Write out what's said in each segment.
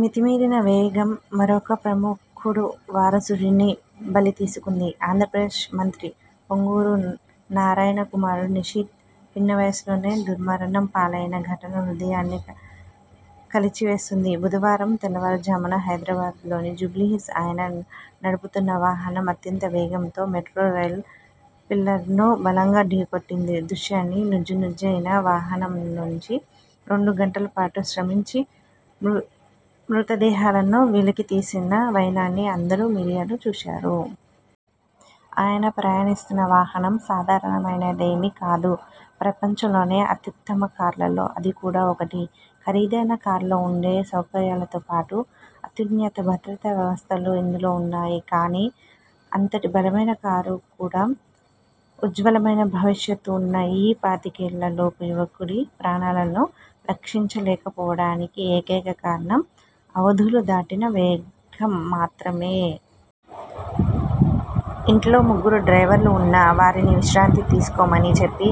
మితిమీరిన వేగం మరొక ప్రముఖుడు వారసుడిని బలితీసుకుంది. ఆంధ్రప్రదేశ్ మంత్రి పొంగూరు నారాయణ కుమారుడు నిషిత్ పిన్నవయసులోనే దుర్మరణం పాలైన ఘటన హృదయాన్ని కలిచివేసింది. బుధవారం తెల్లవారుజామున హైదరాబాద్లోని జూబ్లీహిల్స్ ఆయన నడుపుతున్న వాహనం అత్యంతవేగంతో మెట్రోరైల్ పిల్లర్ను బలంగా ఢీకొట్టిన దృశ్యాన్నీ, నుజ్జునుజ్జయిన వాహనం నుంచి రెండుగంటల పాటు శ్రమించి మృతదేహాలను వెలికితీసిన వైనాన్ని అందరూ మీడియాలో చూశారు. ఆయన ప్రయాణిస్తున్న వాహనం సాధారణమైనదేమీ కాదు. ప్రపంచంలోనే అత్యుత్తమ కార్లలో అది కూడా ఒకటి. ఖరీదైన కార్లలో ఉండే సౌకర్యాలతో పాటు అత్యున్నత భద్రతా వ్యవస్థలూ ఇందులో ఉన్నాయి. కానీ, అంతటి బలమైన కారు కూడా ఉజ్వలమైన భవిష్యత్తు ఉన్న ఈ పాతికేళ్ళలోపు యువకుడి ప్రాణాలను రక్షించలేకపోవడానికి ఏకైక కారణం అవధులు దాటిన వేగం మాత్రమే. ఇంట్లో ముగ్గురు డ్రైవర్లు ఉన్నా, వారిని విశ్రాంతి తీసుకోమని చెప్పి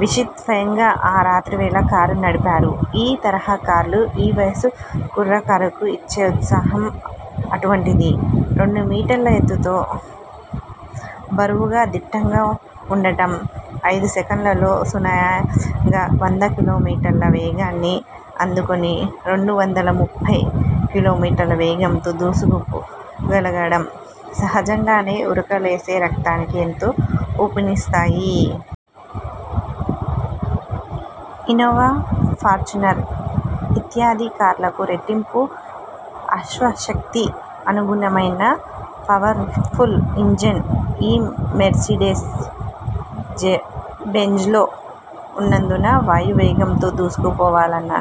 నిషిత్ స్వయంగా ఆ రాత్రివేళ కారు నడిపారు. ఈ తరహా కార్లు ఈ వయసు కుర్రకారుకు ఇచ్చే ఉత్సాహం అటువంటిది. రెండు మీటర్ల ఎత్తుతో, బరువుగా దిట్టంగా వుండటం, ఐదు సెకన్లలో సునాయాసంగా వంద కిలోమీటర్ల వేగాన్ని అందుకొని రెండువందల ముప్పై కిలోమీటర్ల వేగంతో దూసుకుపోగలగడం సహజంగానే ఉరకలేసే రక్తానికి ఎంతో ఊపునిస్తాయి. ఇన్నోవా, ఫార్చునర్ ఇత్యాది కార్లకు రెట్టింపు అశ్వశక్తి, అనుగుణమైన పవర్ఫుల్ ఇంజన్ ఈ మెర్సిడెస్ బెంజ్లో ఉన్నందున వాయువేగంతో దూసుకుపోవాలన్న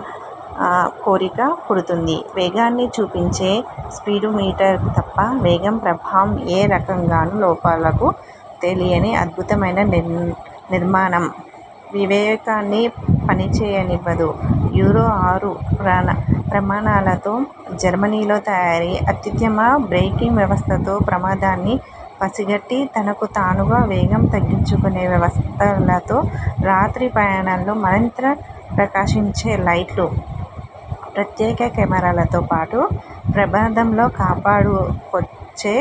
కోరిక పుడుతుంది. వేగాన్ని చూపించే స్పీడుమీటర్ తప్ప, వేగం ప్రభావం ఏ రకంగానూ లోపలకు తెలియని అద్భుతమైన నిర్మాణం వివేకాన్ని పనిచేయనివ్వదు. యూరో ఆరు ప్రమాణాలతో జర్మనీలో తయారై, అత్యుత్తమ బ్రేకింగ్ వ్యవస్థతో, ప్రమాదాన్ని పసిగట్టి తనకు తానుగా వేగం తగ్గించుకొనే వ్యవస్థలతో, రాత్రి ప్రయాణాల్లో మరింత ప్రకాశించే లైట్లు, ప్రత్యేక కెమెరాలతో పాటు, ప్రమాదంలో కాపాడుకొచ్చే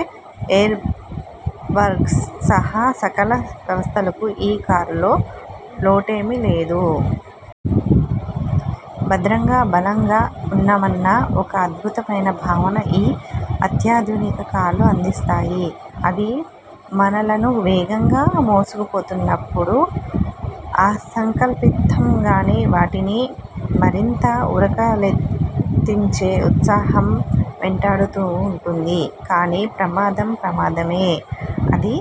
ఎయిర్బగ్స్ సహా సకల వ్యవస్థలకూ ఈ కారులో లోటేమీ లేదు. భద్రంగా, బలంగా ఉన్నామన్న ఒక అద్భుతమైన భావన ఈ అత్యాధునిక కార్లు అందిస్తాయి. అవి మనలను వేగంగా మోసుకుపోతున్నప్పుడు అసంకల్పింతంగానే వాటిని మరింత ఉరకలెత్తించే ఉత్సాహం వెంటాడుతూ ఉంటుంది. కానీ, ప్రమాదం ప్రమాదమే. అది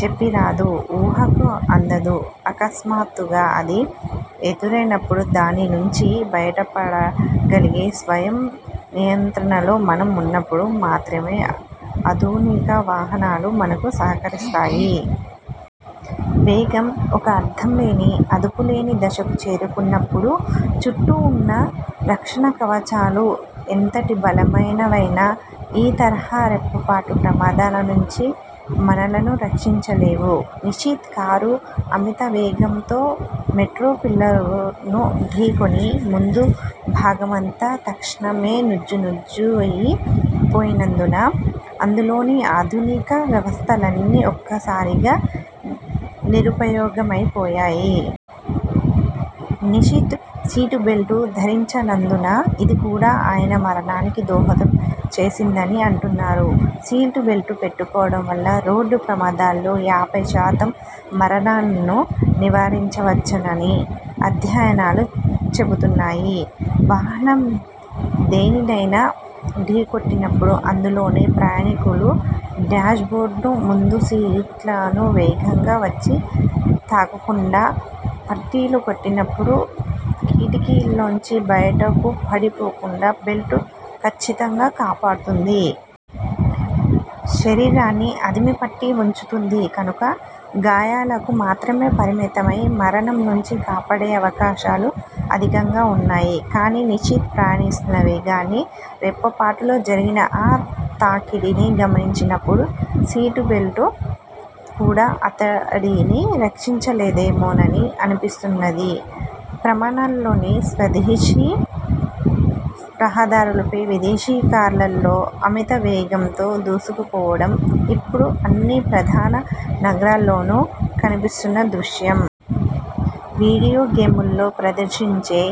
చెప్పిరాదు, ఊహకు అందదు. అకస్మాత్తుగా అది ఎదురైనప్పుడు దానినుంచి బయటపడగలిగే స్వయం నియంత్రణలో మనం ఉన్నప్పుడు మాత్రమే ఆధునిక వాహనాలు మనకు సహకరిస్తాయి. వేగం ఒక అర్థంలేని, అదుపులేని దశకు చేరుకున్నప్పుడు, చుట్టూ ఉన్న రక్షణకవచాలు ఎంతటి బలమైనవైనా ఈ తరహా రెప్పపాటు ప్రమాదాల నుంచి మనలను రక్షించలేవు. నిషిత్ కారు అమితవేగంతో మెట్రోపిల్లర్ను ఢీకొని ముందుభాగమంతా తక్షణమే నుజ్జు నుజ్జయి పోయినందున, అందులోని ఆధునిక వ్యవస్థలన్నీ ఒక్కసారిగా నిరుపయోగమైపోయాయి. నిషిత్ సీటుబెల్టు ధరించనందున ఇది కూడా ఆయన మరణానికి దోహదం చేసిందని అంటున్నారు. సీటుబెల్టు పెట్టుకోవడం వల్ల రోడ్డు ప్రమాదాల్లో యాభైశాతం మరణాలను నివారించవచ్చునని అధ్యయనాలు చెబుతున్నాయి. వాహనం దేనిదైనా ఢీకొట్టినప్పుడు అందులోని ప్రయాణీకులు డ్యాష్బోర్డును, ముందుసీట్లను వేగంగా వచ్చి తాకకుండా, పల్టీలు కొట్టినప్పుడు కిటికీల్లోంచి బయటకుపడిపోకుండా బెల్టు కచ్చితంగా కాపాడుతుంది. శరీరాన్ని అదిమి పట్టి వుంచుతుంది కనుక గాయాలకు మాత్రమే పరిమితమై మరణం నుంచి కాపాడే అవకాశాలు అధికంగా ఉన్నాయి. కానీ, నిషిత్ ప్రయాణిస్తున్న వేగాన్నీ రెప్పపాటులో జరిగిన ఆ తాకిడినీ గమనించినప్పుడు సీటుబెల్టు కూడా అతడిని రక్షించలేదేమోనని అనిపిస్తున్నది. ప్రమాణాల్లోని స్వదేశీ రహదారులపై విదేశీ కార్లలో అమిత వేగంతో దూసుకుపోవడం ఇప్పుడు అన్ని ప్రధాన నగరాల్లోనూ కనిపిస్తున్న దృశ్యం. వీడియోగేముల్లో ప్రదర్శించే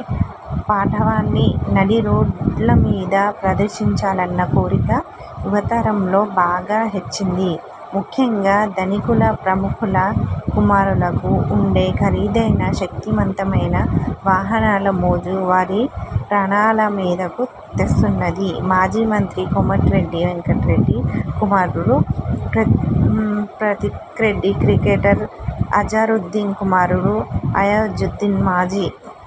పాటవాన్ని నడిరోడ్లమీద ప్రదర్శించాలన్న కోరిక యువతరంలో బాగా హెచ్చింది. ముఖ్యంగా ధనికుల, ప్రముఖుల కుమారులకు ఉండే ఖరీదైన, శక్తిమంతమైన వాహనాల మోజు వారి ప్రాణాలమీదకు తెస్తున్నది. మాజీ మంత్రి కోమటిరెడ్డి వెంకటరెడ్డి కుమారుడు ప్రతీక్రెడ్డి, క్రికెటర్ అజారుద్దీన్ కుమారుడు అయాజుద్దీన్, మాజీ